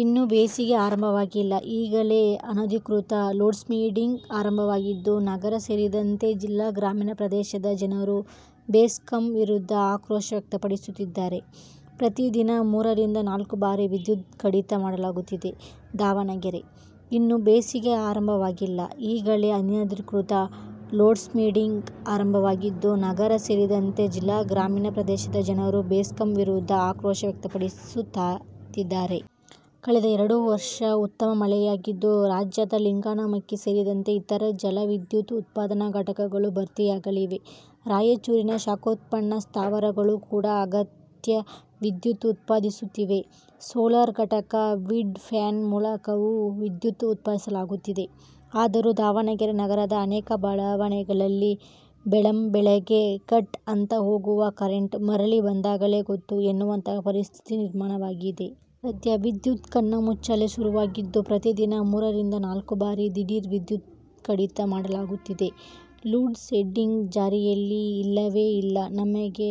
ಇನ್ನು ಬೇಸಿಗೆ ಆರಂಭವಾಗಿಲ್ಲ, ಈಗಲೇ ಅನಧಿಕೃತ ಲೋಡ್ಶೆಡ್ಡಿಂಗ್ ಆರಂಭವಾಗಿದ್ದು, ನಗರ ಸೇರಿದಂತೆ ಜಿಲ್ಲೆಯ ಗ್ರಾಮೀಣ ಪ್ರದೇಶದ ಜನರು ಬೆಸ್ಕಾಂ ವಿರುದ್ಧ ಆಕ್ರೋಶ ವ್ಯಕ್ತಪಡಿಸುತ್ತಿದ್ದಾರೆ. ಪ್ರತಿ ದಿನ ಮೂರರಿಂದ ನಾಲ್ಕು ಬಾರಿ ವಿದ್ಯುತ್ ಕಡಿತ ಮಾಡಲಾಗುತ್ತಿದೆ. ದಾವಣಗೆರೆ: ಇನ್ನು ಬೇಸಿಗೆ ಆರಂಭವಾಗಿಲ್ಲ, ಈಗಲೇ ಅನಧಿಕೃತ ಲೋಡ್ಶೆಡ್ಡಿಂಗ್ ಆರಂಭವಾಗಿದ್ದು, ನಗರ ಸೇರಿದಂತೆ ಜಿಲ್ಲೆಯ ಗ್ರಾಮೀಣ ಪ್ರದೇಶದ ಜನರು ಬೆಸ್ಕಾಂ ವಿರುದ್ಧ ಆಕ್ರೋಶ ವ್ಯಕ್ತಪಡಿಸುತ್ತಿದ್ದಾರೆ. ಕಳೆದ ಎರಡು ವರ್ಷ ಉತ್ತಮ ಮಳೆಯಾಗಿದ್ದು, ರಾಜ್ಯದ ಲಿಂಗನಮಕ್ಕಿ ಸೇರಿದಂತೆ ಇತರೆ ಜಲ ವಿದ್ಯುತ್ ಉತ್ಪಾದನಾ ಘಟಕಗಳು ಭರ್ತಿಯಾಗಿವೆ. ರಾಯಚೂರಿನ ಶಾಖೋತ್ಪನ್ನ ಸ್ಥಾವರಗಳು ಕೂಡ ಅಗತ್ಯ ವಿದ್ಯುತ್ ಉತ್ಪಾದಿಸುತ್ತಿವೆ. ಸೋಲಾರ್ ಘಟಕ, ವಿಂಡ್ ಫ್ಯಾನ್ ಮೂಲಕವೂ ವಿದ್ಯುತ್ ಉತ್ಪಾದಿಸಲಾಗುತ್ತಿದೆ. ಆದರೂ ದಾವಣಗೆರೆ ನಗರದ ಅನೇಕ ಬಡಾವಣೆಗಳಲ್ಲಿ ಬೆಳ್ಳಂ ಬೆಳ್ಳಗ್ಗೆ ಫಟ್ ಅಂತ ಹೋಗುವ ಕರೆಂಟ್, ಮರಳಿ ಬಂದಾಗಲೇ ಗೊತ್ತು ಎನ್ನುವಂಥಹ ಪರಿಸ್ಥಿತಿ ನಿರ್ಮಾಣವಾಗಿದೆ. ಸದ್ಯ ವಿದ್ಯುತ್ ಕಣ್ಣಾ ಮುಚ್ಚಾಲೆ ಶುರುವಾಗಿದ್ದು ಪ್ರತಿ ದಿನ ಮೂರರಿಂದ ನಾಲ್ಕು ಬಾರಿ ದಿಢೀರ್ ವಿದ್ಯುತ್ ಕಡಿತ ಮಾಡಲಾಗುತ್ತಿದೆ. ಲೋಡ್ ಶೆಡ್ಡಿಂಗ್ ಜಾರಿಯಲ್ಲಿ ಇಲ್ಲವೇ ಇಲ್ಲ. ನಮಗೆ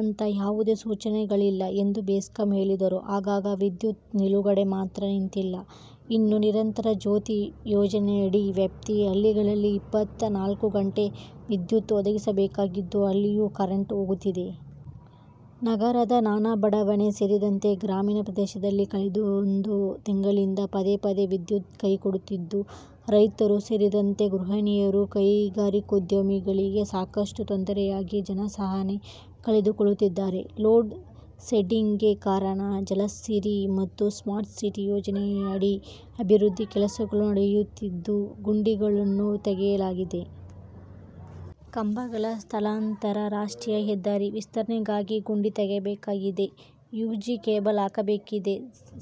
ಅಂಥ ಯಾವುದೇ ಸೂಚನೆಗಳಿಲ್ಲ ಎಂದು ಬೆಸ್ಕಾಂ ಹೇಳಿದರೂ, ಆಗಾಗ ವಿದ್ಯುತ್ ನಿಲುಗಡೆ ಮಾತ್ರ ನಿಂತಿಲ್ಲ. ಇನ್ನು ನಿರಂತರ ಜ್ಯೋತಿ ಯೋಜನೆಯಡಿ ವ್ಯಾಪ್ತಿ ಹಳ್ಳಿಗಳಲ್ಲಿ ಇಪ್ಪತ್ತ ನಾಲ್ಕು ಗಂಟೆ ವಿದ್ಯುತ್ ಒದಗಿಸಬೇಕಾಗಿದ್ದು ಅಲ್ಲಿಯೂ ಕರೆಂಟ್ ಹೋಗುತ್ತಿದೆ. ನಗರದ ನಾನಾ ಬಡಾವಣೆ ಸೇರಿದಂತೆ ಗ್ರಾಮೀಣ ಪ್ರದೇಶದಲ್ಲಿ ಕಳೆದೊಂದು ತಿಂಗಳಿಂದ ಪದೇ ಪದೇ ವಿದ್ಯುತ್ ಕೈಕೊಡುತ್ತಿದ್ದು ರೈತರು ಸೇರಿದಂತೆ ಗೃಹಣಿಯರಿಗೆ, ಕೈಗಾರಿಕೋದ್ಯಮಿಗಳಿಗೆ ಸಾಕಷ್ಟು ತೊಂದರೆಯಾಗಿ ಜನ ಸಹನೆ ಕಳೆದುಕೊಳ್ಳುತ್ತಿದ್ದಾರೆ. ಲೋಡ್ ಶೆಡ್ಡಿಂಗ್ಗೆ ಕಾರಣ ಜಲಸಿರಿ ಮತ್ತು ಸ್ಮಾರ್ಟ್ ಸಿಟಿ ಯೋಜನೆಯಡಿ ಅಭಿವೃದ್ಧಿ ಕೆಲಸಗಳು ನಡೆಯುತ್ತಿದ್ದು ಗುಂಡಿಗಳನ್ನು ತೆಗೆಯಲಾಗಿದೆ. ಕಂಬಗಳ ಸ್ಥಳಾಂತರ ರಾಷ್ಟ್ರೀಯ ಹೆದ್ದಾರಿ ವಿಸ್ತರಣೆಗಾಗಿ ಗುಂಡಿ ತೆಗೆಯಬೇಕಾಗಿದೆ. ಯು ಜಿ ಕೇಬಲ್ ಹಾಕಬೇಕಿದೆ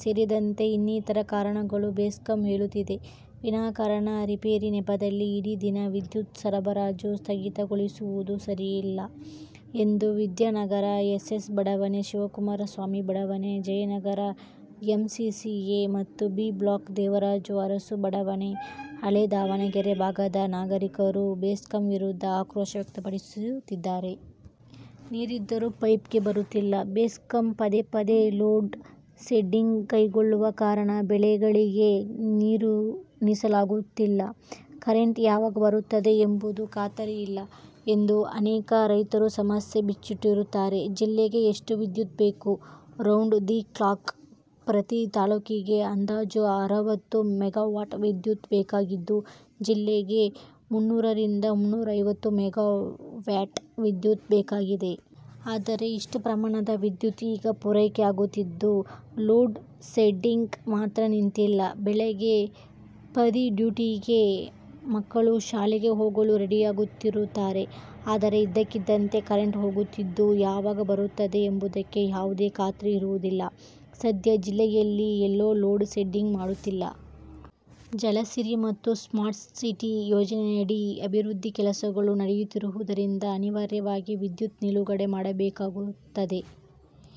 ಸೇರಿದಂತೆ ಇನ್ನಿತರ ಕಾರಣಗಳನ್ನು ಬೆಸ್ಕಾಂ ಹೇಳುತ್ತಿದೆ. ವಿನಾಕಾರಣ ರಿಪೇರಿ ನೆಪದಲ್ಲಿ ಇಡೀ ದಿನ ವಿದ್ಯುತ್ ಸರಬರಾಜು ಸ್ಥಗಿತಗೊಳಿಸುವುದು ಸರಿಯಲ್ಲ ಎಂದು ವಿದ್ಯಾನಗರ, ಎಸ್. ಎಸ್. ಬಡಾವಣೆ, ಶಿವಕುಮಾರ್ ಸ್ವಾಮಿ ಬಡಾವಣೆ, Jayanagar, M C C A ಮತ್ತು ಬಿ ಬ್ಲಾಕ್ ದೇವರಾಜು ಅರಸು ಬಡಾವಣೆ, ಹಳೇ ದಾವಣಗೆರೆ ಭಾಗದ ನಾಗರಿಕರು ಬೆಸ್ಕಾಂ ವಿರುದ್ಧ ಆಕ್ರೋಶ ವ್ಯಕ್ತಪಡಿಸುತ್ತಿದ್ದಾರೆ. ನೀರಿದ್ದರೂ ಪೈಪ್ಗೆ ಬರುತ್ತಿಲ್ಲ. ಬೆಸ್ಕಾಂ ಪದೇ ಪದೇ ಲೋಡ್ ಶೆಡ್ಡಿಂಗ್ ಕೈಗೊಳ್ಳುವ ಕಾರಣ ಬೆಳೆಗಳಿಗೆ ನೀರುಣಿಸಲಾಗುತ್ತಿಲ್ಲ. ಕರೆಂಟ್ ಯಾವಾಗ ಬರುತ್ತದೆ ಎಂಬುದೂ ಖಾತರಿ ಇಲ್ಲಎಂದು ಅನೇಕ ರೈತರು ಸಮಸ್ಯೆ ಬಿಚ್ಚಿಡುತ್ತಾರೆ. ಜಿಲ್ಲೆಗೆ ಎಷ್ಟು ವಿದ್ಯುತ್ ಬೇಕು ರೌಂಡ್ ದಿ ಕ್ಲಾಕ್ ಪ್ರತಿ ತಾಲೂಕಿಗೆ ಅಂದಾಜು ಅರವತ್ತು ಮೆಗಾವ್ಯಾಟ್ ವಿದ್ಯುತ್ ಬೇಕಾಗಿದ್ದು, ಜಿಲ್ಲೆಗೆ ಮುನ್ನೂರರಿಂದ ಮುನ್ನೂರೈವತ್ತು ಮೆಗಾವ್ಯಾಟ್ ವಿದ್ಯುತ್ ಬೇಕಾಗಿದೆ. ಆದರೆ ಇಷ್ಟೂ ಪ್ರಮಾಣದ ವಿದ್ಯುತ್ ಈಗ ಪೂರೈಕೆ ಆಗುತ್ತಿದ್ದು, ಲೋಡ್ ಶೆಡ್ಡಿಂಗ್ ಮಾತ್ರ ನಿಂತಿಲ್ಲ. ಬೆಳಗ್ಗೆ ಪತಿ ಡ್ಯೂಟಿಗೆ, ಮಕ್ಕಳು ಶಾಲೆಗೆ ಹೋಗಲು ರೆಡಿಯಾಗುತ್ತಿರುತ್ತಾರೆ. ಆದರೆ ಇದ್ದಕ್ಕಿದ್ದಂತೆ ಕರೆಂಟ್ ಹೋಗುತ್ತಿದ್ದು, ಯಾವಾಗ ಬರುತ್ತದೆ ಎಂಬುದಕ್ಕೆ ಯಾವುದೇ ಖಾತ್ರಿ ಇರೋದಿಲ್ಲ. "ಸದ್ಯ ಜಿಲ್ಲೆಯಲ್ಲಿ ಎಲ್ಲೂ ಲೋಡ್ ಶೆಡ್ಡಿಂಗ್ ಮಾಡುತ್ತಿಲ್ಲ. ಜಲಸಿರಿ ಮತ್ತು ಸ್ಮಾರ್ಟ್ ಸಿಟಿ ಯೋಜನೆಯಡಿ ಅಭಿವೃದ್ಧಿ ಕೆಲಸಗಳು ನಡೆಯುತ್ತಿರುವುದರಿಂದ ಅನಿವಾರ್ಯವಾಗಿ ವಿದ್ಯುತ್ ನಿಲುಗಡೆ ಮಾಡಬೇಕಾಗುತ್ತದೆ".